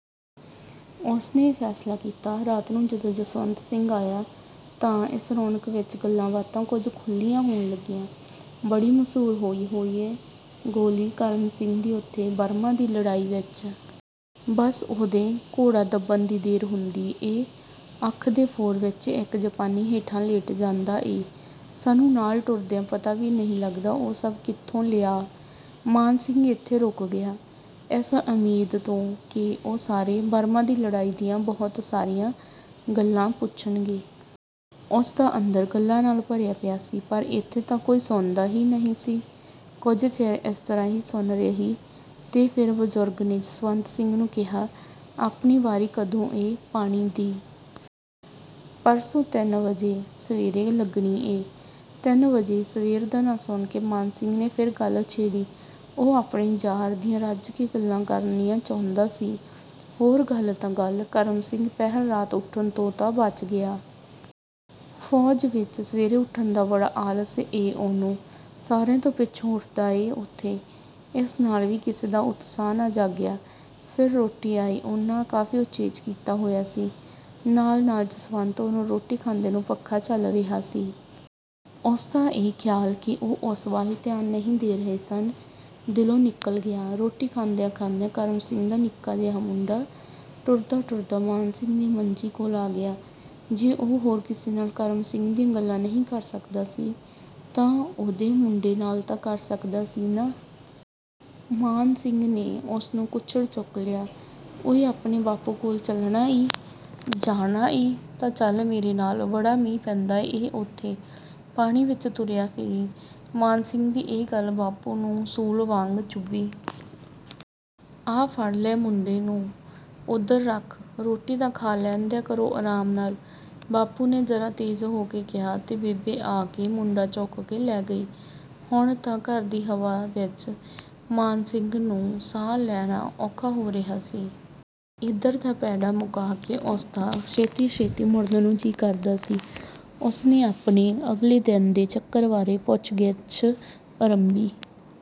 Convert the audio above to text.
ਉਸ ਨੇ ਫ਼ੈਸਲਾ ਕੀਤਾ। ਰਾਤ ਨੂੰ ਜਦੋਂ ਜਸਵੰਤ ਸਿੰਘ ਆਇਆ ਤਾਂ ਇਸ ਰੌਣਕ ਵਿਚ ਗੱਲਾਂ-ਬਾਤਾਂ ਕੁਝ ਖੁੱਲ੍ਹੀਆਂ ਹੋਣ ਲੱਗੀਆਂ। ''ਬੜੀ ਮਸ਼ਹੂਰ ਹੋਈ ਹੋਈ ਏ ਗੋਲੀ ਕਰਮ ਸਿੰਘ ਦੀ ਉੱਥੇ 'ਬਰਮਾ' ਦੀ ਲੜਾਈ ਵਿਚ। ਬਸ ਉਹਦੇ ਘੋੜਾ ਦੱਬਣ ਦੀ ਦੇਰ ਹੁੰਦੀ ਏ, ਅੱਖ ਦੇ ਫੋਰ ਵਿਚ ਇਕ ਜਾਪਾਨੀ ਹੇਠਾਂ ਲੇਟ ਜਾਂਦਾ ਏ। ਸਾਨੂੰ ਨਾਲ ਟੁਰਦਿਆਂ ਪਤਾ ਵੀ ਨਹੀਂ ਲੱਗਦਾ ਉਹ ਸਭ ਕਿੱਥੋਂ ਲਿਆ।'' ਮਾਨ ਸਿੰਘ ਇੱਥੇ ਰੁਕ ਗਿਆ, ਇਸ ਉਮੀਦ ਤੋਂ ਕਿ ਉਹ ਸਾਰੇ 'ਬਰਮਾ' ਦੀ ਲੜਾਈ ਦੀਆਂ ਬਹੁਤ ਸਾਰੀਆਂ ਗੱਲਾਂ ਪੁੱਛਣਗੇ। ਉਸ ਦਾ ਅੰਦਰ ਗੱਲਾਂ ਨਾਲ ਭਰਿਆ ਪਿਆ ਸੀ ਪਰ ਇੱਥੇ ਤਾਂ ਕੋਈ ਸੁਣਦਾ ਹੀ ਨਹੀਂ ਸੀ। ਕੁਝ ਚਿਰ ਇਸ ਤਰ੍ਹਾਂ ਹੀ ਸੁੰਨ ਰਹੀ ਤੇ ਫਿਰ ਬਜ਼ੁਰਗ ਨੇ ਜਸਵੰਤ ਸਿੰਘ ਨੂੰ ਕਿਹਾ, ''ਆਪਣੀ ਵਾਰੀ ਕਦੋਂ ਏ ਪਾਣੀ ਦੀ?'' ''ਪਰਸੋਂ ਤਿੰਨ ਵਜੇ ਸਵੇਰੇ ਲੱਗਣੀ ਏ।'' ਤਿੰਨ ਵਜੇ ਸਵੇਰ ਦਾ ਨਾਂ ਸੁਣ ਕੇ ਮਾਨ ਸਿੰਘ ਨੇ ਫਿਰ ਗੱਲ ਛੇੜੀ। ਉਹ ਆਪਣੇ ਯਾਰ ਦੀਆਂ ਰੱਜ ਕੇ ਗੱਲਾਂ ਕਰਨੀਆਂ ਚਾਹੁੰਦਾ ਸੀ। ''ਹੋਰ ਗੱਲ ਤਾਂ ਗੱਲ, ਕਰਮ ਸਿੰਘ ਪਹਿਰ ਰਾਤ ਉੱਠਣ ਤੋਂ ਤਾਂ ਬਚ ਗਿਆ। ਫ਼ੌਜ ਵਿਚ ਸਵੇਰੇ ਉੱਠਣ ਦਾ ਬੜਾ ਆਲਸ ਏ ਉਹਨੂੰ। ਸਾਰਿਆਂ ਤੋਂ ਪਿੱਛੋਂ ਉੱਠਦਾ ਏ ਓਥੇ।'' ਇਸ ਨਾਲ ਵੀ ਕਿਸੇ ਦਾ ਉਤਸ਼ਾਹ ਨਾ ਜਾਗਿਆ। ਫਿਰ ਰੋਟੀ ਆਈ। ਉਹਨਾਂ ਕਾਫ਼ੀ ਉਚੇਚ ਕੀਤਾ ਹੋਇਆ ਸੀ। ਨਾਲ-ਨਾਲ ਜਸਵੰਤ ਉਹਨੂੰ ਰੋਟੀ ਖਾਂਦੇ ਨੂੰ ਪੱਖਾ ਝੱਲ ਰਿਹਾ ਸੀ। ਉਸ ਦਾ ਇਹ ਖ਼ਿਆਲ ਕਿ ਉਹ ਉਸ ਵੱਲ ਧਿਆਨ ਨਹੀਂ ਦੇ ਰਹੇ ਸਨ, ਦਿਲੋਂ ਨਿਕਲ ਗਿਆ। ਰੋਟੀ ਖਾਂਦਿਆਂ-ਖਾਂਦਿਆਂ ਕਰਮ ਸਿੰਘ ਦਾ ਨਿੱਕਾ ਜਿਹਾ ਮੁੰਡਾ ਟੁਰਦਾ-ਟੁਰਦਾ ਮਾਨ ਸਿੰਘ ਦੀ ਮੰਜੀ ਕੋਲ ਆ ਗਿਆ। ਜੇ ਉਹ ਹੋਰ ਕਿਸੇ ਨਾਲ ਕਰਮ ਸਿੰਘ ਦੀਆਂ ਗੱਲਾਂ ਨਹੀਂ ਕਰ ਸਕਦਾ ਸੀ ਤਾਂ ਉਹਦੇ ਮੁੰਡੇ ਨਾਲ ਤਾਂ ਕਰ ਸਕਦਾ ਸੀ ਨਾ। ਮਾਨ ਸਿੰਘ ਨੇ ਉਸ ਨੂੰ ਕੁੱਛੜ ਚੁੱਕ ਲਿਆ। ''ਓਏ, ਆਪਣੇ ਬਾਪੂ ਕੋਲ ਚੱਲਣਾ ਈਂ? ਜਾਣਾ ਈ ਤਾਂ ਚੱਲ ਮੇਰੇ ਨਾਲ। ਬੜਾ ਮੀਂਹ ਪੈਂਦਾ ਏ ਉੱਥੇ, ਪਾਣੀ ਵਿਚ ਤੁਰਿਆ ਫਿਰੀਂ।'' ਮਾਨ ਸਿੰਘ ਦੀ ਇਹ ਗੱਲ ਬਾਪੂ ਨੂੰ ਸੂਲ ਵਾਂਗ ਚੁੱਭੀ। ''ਆਹ ਫੜ ਲੈ ਮੁੰਡੇ ਨੂੰ, ਉੱਧਰ ਰੱਖ। ਰੋਟੀ ਤਾਂ ਖਾ ਲੈਣ ਦਿਆ ਕਰੋ ਆਰਾਮ ਨਾਲ।'' ਬਾਪੂ ਨੇ ਜ਼ਰਾ ਤੇਜ਼ ਹੋ ਕੇ ਕਿਹਾ ਤੇ ਬੇਬੇ ਆ ਕੇ ਮੁੰਡਾ ਚੁੱਕ ਕੇ ਲੈ ਗਈ। ਹੁਣ ਤਾਂ ਘਰ ਦੀ ਹਵਾ ਵਿਚ ਮਾਨ ਸਿੰਘ ਨੂੰ ਸਾਹ ਲੈਣਾ ਔਖਾ ਹੋ ਰਿਹਾ ਸੀ। ਇੱਧਰ ਦਾ ਪੈਂਡਾ ਮੁਕਾ ਕੇ ਉਸ ਦਾ ਛੇਤੀ-ਛੇਤੀ ਮੁੜਨ ਨੂੰ ਜੀ ਕਰਦਾ ਸੀ। ਉਸ ਨੇ ਆਪਣੇ ਅਗਲੇ ਦਿਨ ਦੇ ਚੱਕਰ ਬਾਰੇ ਪੁੱਛ-ਗਿੱਛ ਅਰੰਭੀ।